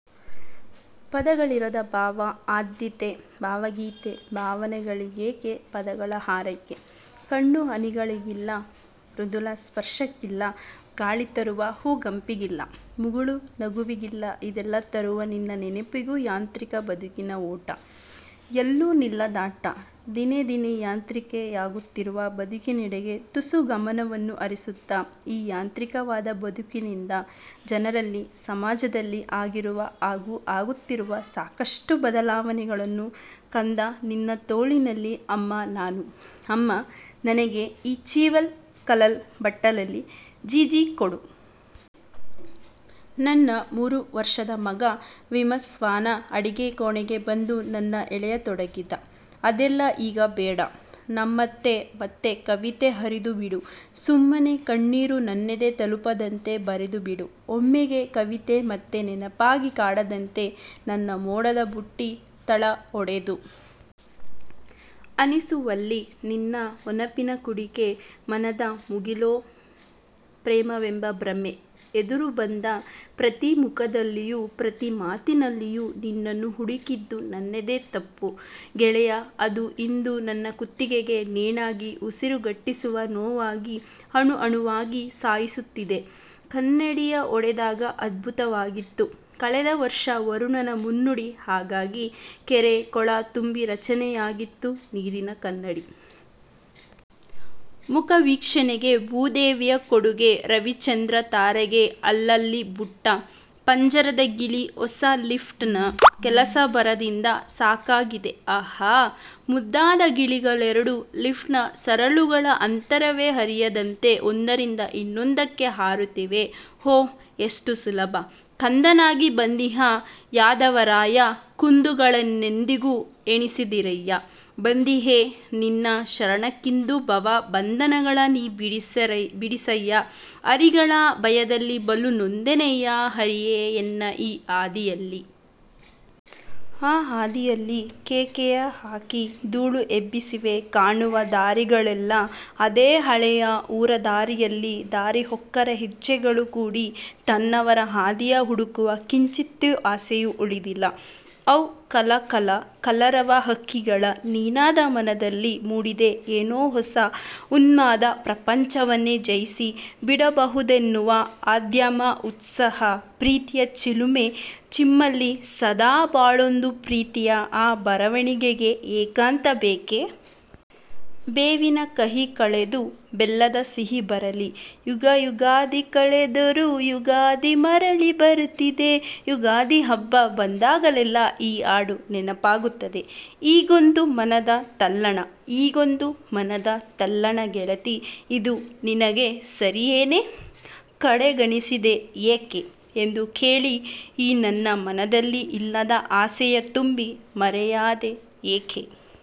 ಪದಗಳಿರದ ಭಾವ ಆದೀತೆ ಭಾವಗೀತೆ ಭಾವನೆಗಳಿಗೇಕೆ ಪದಗಳ ಹಾರೈಕೆ? ಕಣ್ಣ ಹನಿಗಳಿಗಿಲ್ಲ, ಮೃದುಲ ಸ್ಪರ್ಶಕ್ಕಿಲ್ಲ ಗಾಳಿ ತರುವ ಹೂಗಂಪಿಗಿಲ್ಲ, ಮುಗುಳು ನಗುವಿಗಿಲ್ಲ ಇದೆಲ್ಲ ತರುವ ನಿನ್ನ ನೆನಪಿಗೂ ಯಾಂತ್ರಿಕ ಬದುಕಿನ ಓಟ, ಎಲ್ಲೂ ನಿಲ್ಲದಾಟ! ದಿನೇದಿನೇ ಯಾಂತ್ರಿಕವಾಗುತ್ತಿರುವ ಬದುಕಿನೆಡೆಗೆ ತುಸು ಗಮನವನ್ನು ಹರಿಸುತ್ತಾ, ಈ ಯಾಂತ್ರಿಕವಾದ ಬದುಕಿನಿಂದ; ಜನರಲ್ಲಿ, ಸಮಾಜದಲ್ಲಿ ಆಗಿರುವ ಹಾಗೂ ಆಗುತ್ತಿರುವ ಸಾಕಷ್ಟು ಬದಲಾವಣೆಗಳನ್ನು ಕಂದಾ ನಿನ್ನ ತೋಳಿನಲ್ಲಿ ಅಮ್ಮಾ ನಾನು ''ಅಮ್ಮಾ, ನಂಗೆ ಈ ಚಿವ್ವಲ್ ಕಲಲ್ ಬಟ್ಟಲಲ್ಲಿ ಜೀಜಿ ಕೊಡು''. ನನ್ ನಮೂರು ವರ್ಷದ ಮಗ ವಿವಸ್ವಾನ ಅಡಿಗೆ ಕೋಣೆಗೆ ಬಂದು ನನ್ನ ಎಳೆಯತೊಡಗಿದ. "ಅದೆಲ್ಲ ಈಗ ಬೇಡ. ನಮತ್ತೆ ಮತ್ತೆ ಕವಿತೆ ಹರಿದು ಬಿಡು ಸುಮ್ಮನೆ ಕಣ್ಣೀರು ನನ್ನೆದೆ ತಲುಪದಂತೆ ಬರೆದುಬಿಡು ಒಮ್ಮೆಗೆ ಕವಿತೆ ಮತ್ತೆ ನೆನಪಾಗಿ ಕಾಡದಂತೆ ನನ್ನ ಮೋಡದ ಬುಟ್ಟಿ ತಳ ಒಡೆದು ಹನಿಸುವಲ್ಲಿ ನಿನ್ನ ಒನಪಿನ ಕುಡಿಕೆ ಮನದ ಮುಗಿಲೊ ಪ್ರೇಮವೆಂಬ ಭ್ರಮೆ ಎದುರು ಬಂದ ಪ್ರತಿ ಮುಖದಲ್ಲಿಯೂ ಪ್ರತಿ ಮಾತಿನಲ್ಲಿಯೂ ನಿನ್ನನ್ನು ಹುಡುಕಿದ್ದು ನನ್ನದೇ ತಪ್ಪು ಗೆಳೆಯಾ ಅದು ಇಂದು ನನ್ನ ಕುತ್ತಿಗೆಗೇ ನೇಣಾಗಿ ಉಸಿರುಗಟ್ಟಿಸುವ ನೋವಾಗಿ ಅಣು ಅಣುವಾಗಿ ಸಾಯಿಸುತ್ತಿದೆ, ಕನ್ನಡಿಯ ಒಡೆದಾಗ ಅದ್ಭುತವಾಗಿತ್ತು ಕಳೆದ ವರ್ಷ ವರುಣನ ಮುನ್ನುಡಿ ಹಾಗಾಗಿ, ಕೆರೆ ಕೊಳ್ಳ ತುಂಬಿ ರಚನೆಯಾಗಿತ್ತು ನೀರಿನ ಕನ್ನಡಿ. ಮುಖ ವೀಕ್ಷಣೆಗೆ ಭೂದೇವಿಯ ಕೊಡುಗೆ ರವಿ ಚಂದ್ರ ತಾರೆಗೆ ಅಲ್ಲಲ್ಲಿ ಬುಟ್ಟ, ಪಂಜರದ ಗಿಳಿ ಹೊಸ ಲಿಫ್ಟ್ ನ ಕೆಲಸ ಭರದಿಂದ ಸಾಗಿದೆ ಆಹಾ! ಮುದ್ದಾದ ಹಕ್ಕಿಗಳೆರಡು ಲಿಫ್ಟ್ ನ ಸರಳುಗಳ ಅಂತರವೇ ಅರಿಯದಂತೆ ಒಂದರಿಂದ ಇನ್ನೊಂದಕ್ಕೆ ಹಾರುತ್ತಿವೆ. ಹೋ! ಎಷ್ಟು ಸುಲಭ. ಕಂದನಾಗಿ ಬಂದಿಹ ಯಾದವರಾಯ ಕುಂದುಗಳನೆಂದಿಗೂ ಎಣಿಸದಿರಯ್ಯ ಬಂದಿಹೆ ನಿನ್ನಯ ಶರಣಕ್ಕಿಂದು ಭವ ಬಂಧನಗಳ ನೀ ಬಿಡಿಸಯ್ಯ ಅರಿಗಳ ಭಯದಲಿ ಬಲು ನೊಂದೆನಯ್ಯ ಹರಿಯೇ ಎನ್ನ ಆ ಹಾದಿಯಲಿ. ಆ ಹಾದಿಯಲಿ.. ಕೇಕೆಯ ಹಾಕಿ ಧೂಳು ಎಬ್ಬಿಸಿವೆ ಕಾಣುವ ದಾರಿಗಳೆಲ್ಲ ಅದೇ ಹಳೆಯ ಊರ ದಾರಿಯಲಿ ದಾರಿಹೋಕರ ಹೆಜ್ಜೆಗಳು ಕೂಡಿ ತನ್ನವರ ಹಾದಿಯ ಹುಡುಕುವ ಕಿಂಚಿತ್ತು ಆಸೆಯೂ ಉಳಿದಿಲ್ಲ. ಯೌ- ಕಲ ಕಲ ಕಲರವ ಹಕ್ಕಿಗಳ ನಿನಾದ ಮನದಲ್ಲಿ ಮೂಡಿದೆ ಏನೋ ಹೊಸ ಉನ್ಮಾದ ಪ್ರಪಂಚವನ್ನೇ ಜಯಿಸಿ ಬಿಡದಬಹುದೆನ್ನುವ ಅದಮ್ಯ ಉತ್ಸಾಹ ಪ್ರೀತಿಯ ಚಿಲುಮೆ ಚಿಮ್ಮಲಿ ಸದಾ ಬಾಳೊಂದು ಪ್ರೀತಿಯ ಆ ಬರವಣಿಗೆಗೆ ಏಕಾಂತ ಬೇಕೇ? ಬೇವಿನ ಕಹಿ ಕಳೆದು ಬೆಲ್ಲದ ಸಿಹಿ ಬರಲಿ- ಯುಗ ಯುಗಾದಿ ಕಳೆದರು ಯುಗಾದಿ ಮರಳಿ ಬರುತಿದೆ.. ಯುಗಾದಿ ಹಬ್ಬ ಬಂದಾಗಲೆಲ್ಲ ಈ ಹಾಡು ನೆನಪಾಗುತ್ತದೆ. ಹೀಗೊಂದು ಮನದ ತಲ್ಲಣ- ಹೀಗೊಂದು ಮನದ ತಲ್ಲಣ ಗೆಳತಿ ಇದು ನಿನಗೆ ಸರಿಯೇನೆ? ಕಡೆಗಣಿಸಿದೆ ಏಕೆ? ಎಂದು ಕೇಳಿ.. ಈ ನನ್ನ ಮನದಲ್ಲಿ ಇಲ್ಲದ ಆಸೆಯ ತುಂಬಿ.. ಮರೆಯಾದೆ ಯಾಕೆ?